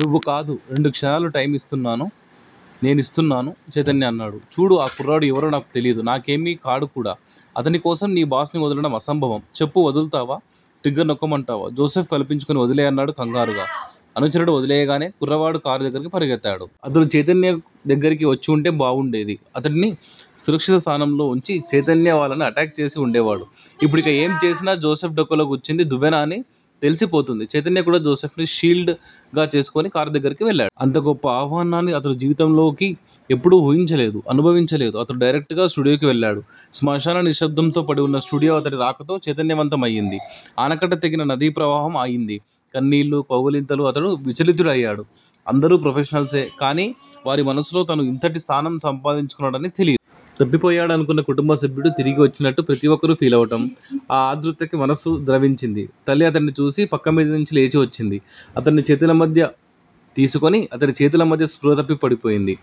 నువ్వు కాదు, రెండు క్షణాలు టైమ్ నేనిస్తున్నాను చైతన్య అన్నాడు. చూడూ ఆ కుర్రాడు ఎవరో నాకు తెలీదు. నాకేమీ కాడు కూడా. అతనికోసం నీ బాస్ ని వదలటం అసంభవం. చెప్పు వదుల్తావా? ట్రిగ్గర్ నొక్కమంటావా? జోసెఫ్ కల్పించుకుని వదిలెయ్ అన్నాడు కంగారుగా. అనుచరుడు వదిలెయ్యగానే కుర్రవాడు కారు దగ్గరికి పరిగెత్తాడు. అతడు చైతన్య దగ్గిరకు వచ్చివుంటే బావుండేది. అతడిని సురక్షిత స్థానంలో వుంచి చైతన్య వాళ్ళని అటాక్ చేసి వుండే వాడు. ఇప్పుడిక ఏం చేసినా, జోసెఫ్ డొక్కలో గుచ్చింది దువ్వెన అని తెలిసిపోతుంది. చైతన్య కూడా జోసెఫ్ ని షీల్డ్ గా చేసుకుని కారు దగ్గిరకు వెళ్ళాడు. అంత గొప్ప ఆహ్వానాన్ని అతడు జీవితంలోకి ఎప్పుడూ ఊహించలేదు, అనుభవించలేదు. అతడు డైరెక్టుగా స్టూడియోకి వెళ్ళాడు. శ్మశాన నిశ్శబ్దంతో పడివున్న స్టూడియో అతడి రాకతో చైతన్య వంతం అయింది. ఆనకట్ట తెగిన నదీప్రవాహం అయింది. కన్నీళ్ళూ, కౌగిలింతలూ అతడు విచలితుడయ్యాడు. అందరూ ప్రొఫెషనల్సే. కానీ వారి మనసుల్లో తను ఇంతటి స్థానం సంపాదించుకున్నాడని తెలీదు. తప్పిపోయాడనుకున్న కుటుంబసభ్యుడు తిరిగి వచ్చినట్టు ప్రతి ఒక్కరూ ఫీలవటం ఆ ఆర్ధ్రతకి అతడి మనసు ద్రవించింది. తల్లి అతడిని చూసి పక్కమీదనుంచి లేచి వచ్చింది. అతడిని చేతులమధ్య తీసుకుని, అతడి చేతులమధ్య స్పృహ తప్పిపోయింది.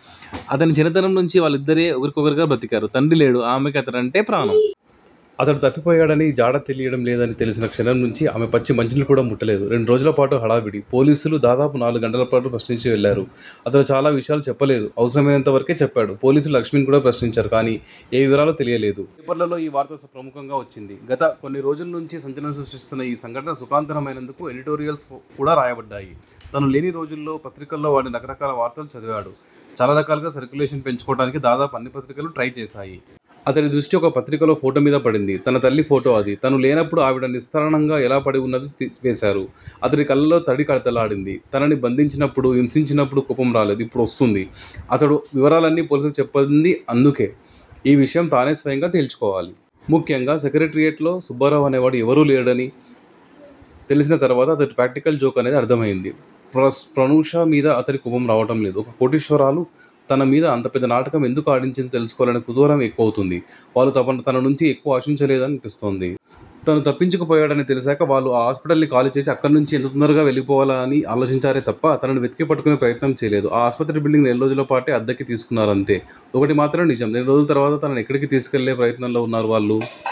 అతడి చిన్నతనంనుంచీ వాళ్ళిద్దరే ఒకరికొకరిగా బ్రతికారు. తండ్రి లేడు. ఆమెకి అతడంటే ప్రాణం. అతడు తప్పిపోయాడని, జాడ తెలియడంలేదనీ తెలిసిన క్షణంనుంచీ ఆమె పచ్చి మంచినీళ్ళు కూడా ముట్టలేదు. రెండు రోజులపాటు హడావుడి. పోలీసులు దాదాపు నాలుగు గంటలపాటు ప్రశ్నించి వెళ్ళారు. అతడు చాలా విషయాలు చెప్పలేదు. అవసరమయినంతవరకే చెప్పాడు. పోలీసులు లక్ష్మిని కూడా ప్రశ్నించారు. కానీ ఏ వివరాలూ తెలియలేదు. పేపర్లలో ఈ వార్త ప్రముఖంగా వచ్చింది. గత కొన్ని రోజుల్నుంచి సంచలనం సృష్టిస్తున్న ఈ సంఘటన సుఖాంతమైనందుకు ఎడిటోరియల్స్ కూడా వ్రాయబడ్డాయి. తను లేని రోజుల్లో పత్రికల్లో పడిన రకరకాల వార్తలు చదివాడు. చాలా రకాలుగా సర్క్యులేషన్ పెంచుకోవటానికి దాదాపు అన్ని పత్రికలూ ట్రై చేశాయి. అతడి దృష్టి ఒక పత్రికలో ఫోటోమీద పడింది. తన తల్లి ఫోటో అది. తను లేనప్పుడు ఆవిడ నిస్త్రాణగా ఎలా పడివున్నదీ వేశారు. అతడి కళ్ళల్లో తడి కదలాడింది. తనని బంధించినప్పుడూ, హింసించినప్పుడు కోపం రాలేదు. ఇప్పుడొస్తూంది. అతడు వివరాలన్నీ పోలీసులకు చెప్పనిది అందుకే. ఈ విషయం తనే స్వయంగా తేల్చుకోవాలి. ముఖ్యంగా, సెక్రట్రియేట్ లో సుబ్బారావు అనేవాడు ఎవరూ లేడని తెలిసిన తర్వాత అతడిది ప్రాక్టికల్ జోక్ అనేది అర్ధమైంది. ప్రనూష మీద అతడికి కోపం రావటంలేదు. ఒక కోటీశ్వరురాలు తనమీద అంత పెద్ద నాటకం ఎందుకు ఆడించిందో తెలుసుకోవాలనే కుతూహలం ఎక్కువ అవుతూంది. వాళ్ళు తననుంచి ఎక్కువ ఆశించలేదు అన్పిస్తోంది. తను తప్పించుకుపోయాడని తెలిశాక వాళ్ళు ఆ హాస్పిటల్ ని ఖాళీచేసి అక్కడ్నుంచి ఎంత తొందరగా వెళ్ళిపోవాలా అని ఆలోచించారే తప్ప తనని వెతికి పట్టుకునే ప్రయత్నం చేయలేదు. ఆ ఆస్పత్రి బిల్డింగ్ నెలరోజులపాటే అద్దెకి తీసుకున్నారంతే- ఒకటి మాత్రం నిజం! నెలరోజుల తర్వాత తనని ఎక్కడికో తీసుకెళ్ళే ప్రయత్నంలో వున్నారు వాళ్ళు.